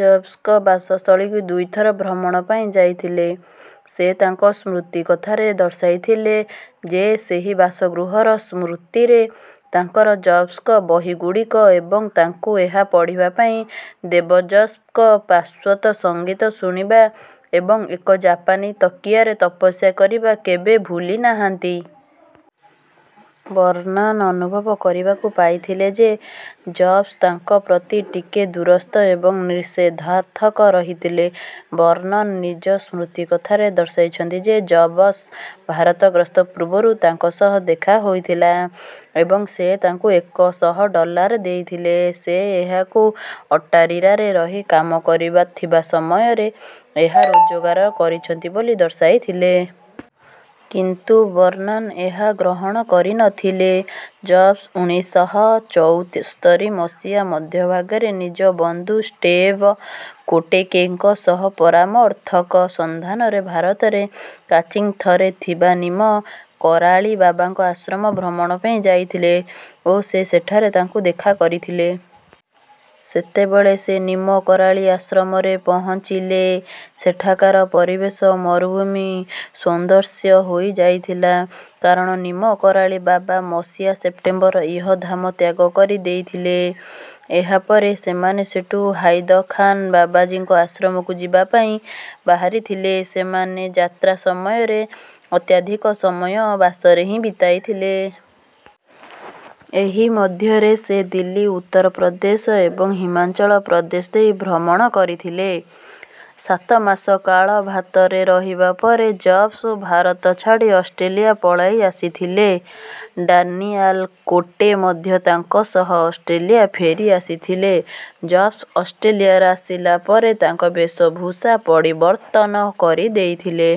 ଜବ୍ସଙ୍କ ବାସସ୍ଥଳିକୁ ଦୁଇ ଥର ଭ୍ରମଣ ପାଇଁ ଯାଇଥିଲେ। ସେ ତାଙ୍କ ସ୍ମୃତିକଥାରେ ଦର୍ଶାଇଥିଲେ ଯେସେହି ବାସଗୃହର ସ୍ମୃତିରେ ତାଙ୍କର ଜବ୍ସଙ୍କ ବହିଗୁଡିକ ଏବଂ ତାଙ୍କୁ ଏହା ପଢ଼ିବା ପାଇଁ ଦେବାଜବ୍ସଙ୍କ ପାଶ୍ଚାତ୍ୟ ସଂଗୀତ ଶୁଣିବାଏବଂ ଏକ ଜାପାନୀ ତକିଆରେ ତପସ୍ୟା କରିବା କେବେ ଭୁଲି ନାହାନ୍ତି। ବର୍ନାନ ଅନୁଭବ କରିବାକୁ ପାଇଥିଲେ ଯେ ଜବ୍ସ ତାଙ୍କ ପ୍ରତି ଟିକେ ଦୁରସ୍ଥ ଏବଂ ନିଷେଧାର୍ଥକ ରହିଥିଲେ। ବର୍ନନ ନିଜ ସ୍ମୃତିକଥାରେ ଦର୍ଶାଇଛନ୍ତି ଯେ ଜବ୍ସ ଭାରତ ଗ୍ରସ୍ତ ପୂର୍ବରୁ ତାଙ୍କ ସହ ଦେଖା ହୋଇଥିଲା ଏବଂ ସେ ତାଙ୍କୁ ଏକ ଶହ ଡଲାର୍ ଦେଇଥିଲେ ସେ ଏହାକୁ ଅଟାରୀରା ରହି କାମ କରୁୁଥିବା ସମୟରେ ଏହା ରୋଜଗାର କରିଛନ୍ତି ବୋଲି ଦର୍ଶାଇ ଥିଲେ। କିନ୍ତୁ ବର୍ନାନ ଏହା ଗ୍ରହଣ କରିନଥିଲେ। ଜବ୍ସ ଉଣେଇଶ ଶହ ଚଉସ୍ତରୀ ମସିହା ମଧ୍ୟଭାଗରେ ନିଜ ବନ୍ଧୁ ଷ୍ଟେବେ କଟୋକେଙ୍କ ସହ ପରାମର୍ଥକ ସନ୍ଧାନରେ ଭାରତରେ କାଁଚି ଥରେ ଥିବାନିମ କରାଳି ବାବାଙ୍କ ଆଶ୍ରମ ଭ୍ରମଣ ପାଇଁ ଯାଇଥିଲେ ଓ ସେ ସେଠାରେ ତାଙ୍କୁ ଦେଖା କରିଥିଲେ। ସେତେବେଳେ ସେ ନିମ କରାଳି ଆଶ୍ରମରେ ପହଁଚିଲେସେଠାକାର ପରିବେଶ ମରୁଭୂମି ସନ୍ଦର୍ଷ୍ୟ ହୋଇ ଯାଇଥିଲା। କାରଣ ନିମ କରାଳି ବାବା ମସିହା ସେପ୍ଟେମ୍ବରରେ ଇହଧ୍ୟାମ ତ୍ୟାଗ କରି ଦେଇଥିଲେ। ଏହା ପରେ ସେମାନେ ସେଠୁ ହାଇଦଖାନ ବାବାଜିଙ୍କ ଆଶ୍ରମକୁ ଯିବା ପାଇଁ ବାହାରି ଥିଲେ। ସେମାନେ ଯାତ୍ରା ସମୟରେ ଅତ୍ୟଧିକ ସମୟ ବାସରେ ହିଁ ବିତାଇ ଥିଲେ। ଏହି ମଧ୍ୟରେ ସେ ଦିଲ୍ଲୀ ଉତ୍ତରପ୍ରଦେଶଏବଂ ହିମାଚଳ ପ୍ରଦେଶ ଦେଇ ଭ୍ରମଣ କରିଥିଲେ। ସାତମାସ କାଳ ଭାତରେ ରହିବା ପରେ ଜବ୍ସ ଭାରତ ଛାଡି ଅଷ୍ଟ୍ରେଲିଆ ପଳେଇ ଆସିଥିଲେ। ଡାନିଆଲ କୋଟେ ମଧ୍ୟ ତାଙ୍କ ସହ ଅଷ୍ଟ୍ରେଲିଆ ଫେରି ଆସିଥିଲେ। ଜବ୍ସ ଅଷ୍ଟ୍ରେଲିଆ ଆସିଲା ପରେ ତାଙ୍କ ବେଶଭୂଷା ପଡ଼ିବର୍ତନ କରିଦେଇଥିଲେ।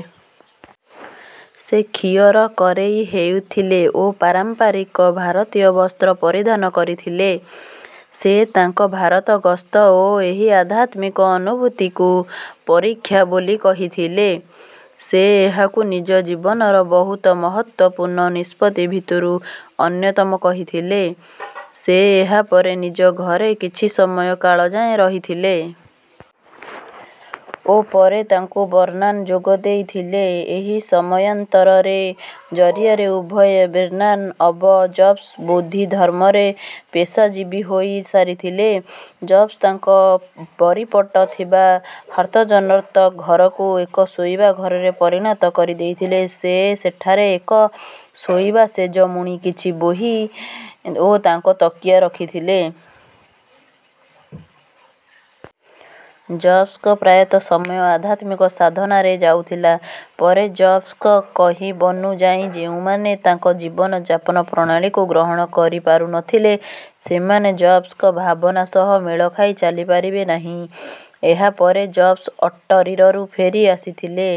ସେ ଖିଅର କରେଇ ହେଇଥିଲେ ଓ ପାରମ୍ପରିକ ଭାରତୀୟ ବସ୍ତ୍ର ପରିଧାନ କରିଥିଲେ। ସେ ତାଙ୍କ ଭାରତ ଗ୍ରସ୍ତ ଓ ଏହି ଆଧ୍ୟାତ୍ମିକ ଅନୁଭୁତିକୁ ପରୀକ୍ଷା ବୋଲି କହିଥିଲେ। ସେ ଏହାକୁ ନିଜ ଜୀବନର ବହୁତ ମହତ୍ତ୍ୱପୂର୍ଣ୍ଣ ନିଷ୍ପତି ଭିତରୁୁ ଅନ୍ୟତମ କହିଥିଲେ। ସେ ଏହା ପରେ ନିଜ ଘରେ କିଛି ସମୟକାଳ ଯାଏଁ ରହିଥିଲେ। ଓ ପରେ ତାଙ୍କୁ ବର୍ନାନ ଯୋଗ ଦେଇ ଥିଲେ। ଏହି ସମୟାନ୍ତରରେ ଜରିଆରେ ଉଭୟ ବେର୍ନାନ ଅବ ଜବ୍ସ ବୋଦ୍ଧିଧର୍ମରେ ପେସାଜୀବୀ ହୋଇ ସାରିଥିଲେ। ଜବ୍ସ ତାଙ୍କ ବରିପଟେ ଥିବା ହାତଜନ଼ତ୍ର ଘରକୁ ଏକ ଶୋଇବା ଘରରେ ପରିଣତ କରି ଦେଇଥିଲେ। ସେ ସେଠାରେ ଏକ ଶୋଇବା ସେଜମୁଣୀକିଛି ବୋହି ଓ ତାଙ୍କ ତକିଆ ରଖିଥିଲେ। ଜବ୍ସଙ୍କ ପ୍ରାୟତଃ ସମୟ ଆଧ୍ୟାତ୍ମିକ ସାଧନାରେ ଯାଉଥିଲା ପରେ ଜବ୍ସଙ୍କ କହିବନୁଯାଇଯେଉଁମାନେ ତାଙ୍କ ଜୀବନ ଯାପନ ପ୍ରଣାଳୀକୁ ଗ୍ରହଣ କରିପାରୁ ନଥିଲେ ସେମାନେ ଜବ୍ସଙ୍କ ଭାବନା ସହ ମେଳଖାଇ ଚାଲି ପାରିବେ ନାହିଁ। ଏହା ପରେ ଜବ୍ସ ଅଟରୀରୁ ଫେରି ଆସିଥିଲେ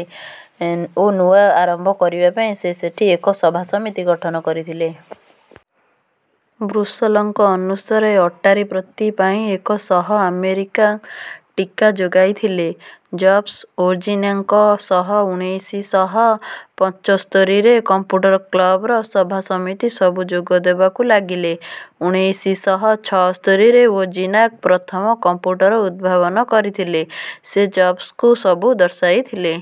ଓ ନୂଆ ଆରମ୍ଭ କରିବା ପାଇଁ ସେ ସେଠୀ ଏକ ସଭାସମିତି ଗଠନ କରିଥିଲେ। ବୁଶ୍ନେଲଙ୍କ ଅନୁଷାରେ ଅଟାରୀ ପ୍ରତି ପାଇଁ ଏକ ଶହ ଆମେରିକା ଟିକା ଯୋଗାଇଥିଲେ। ଜବ୍ସ ୱଜିନାକ ଙ୍କସହ ଉଣେଇଶ ଶହ ପଞ୍ଚସ୍ତରୀରେ କମ୍ପୁଟର କ୍ଲବର ସଭାସମିତି ସବୁ ଯୋଗ ଦେବାକୁ ଲାଗିଲେ। ଉଣେଇଶ ଶହ ଛଅସ୍ତରୀରେ ୱଜିନାକ ପ୍ରଥମ କମ୍ପୁଟର ଉଦ୍ଭାବନ କରିଥିଲେ। ସେ ଜବ୍ସଙ୍କୁ ସବୁ ଦର୍ଶାଇ ଥିଲେ।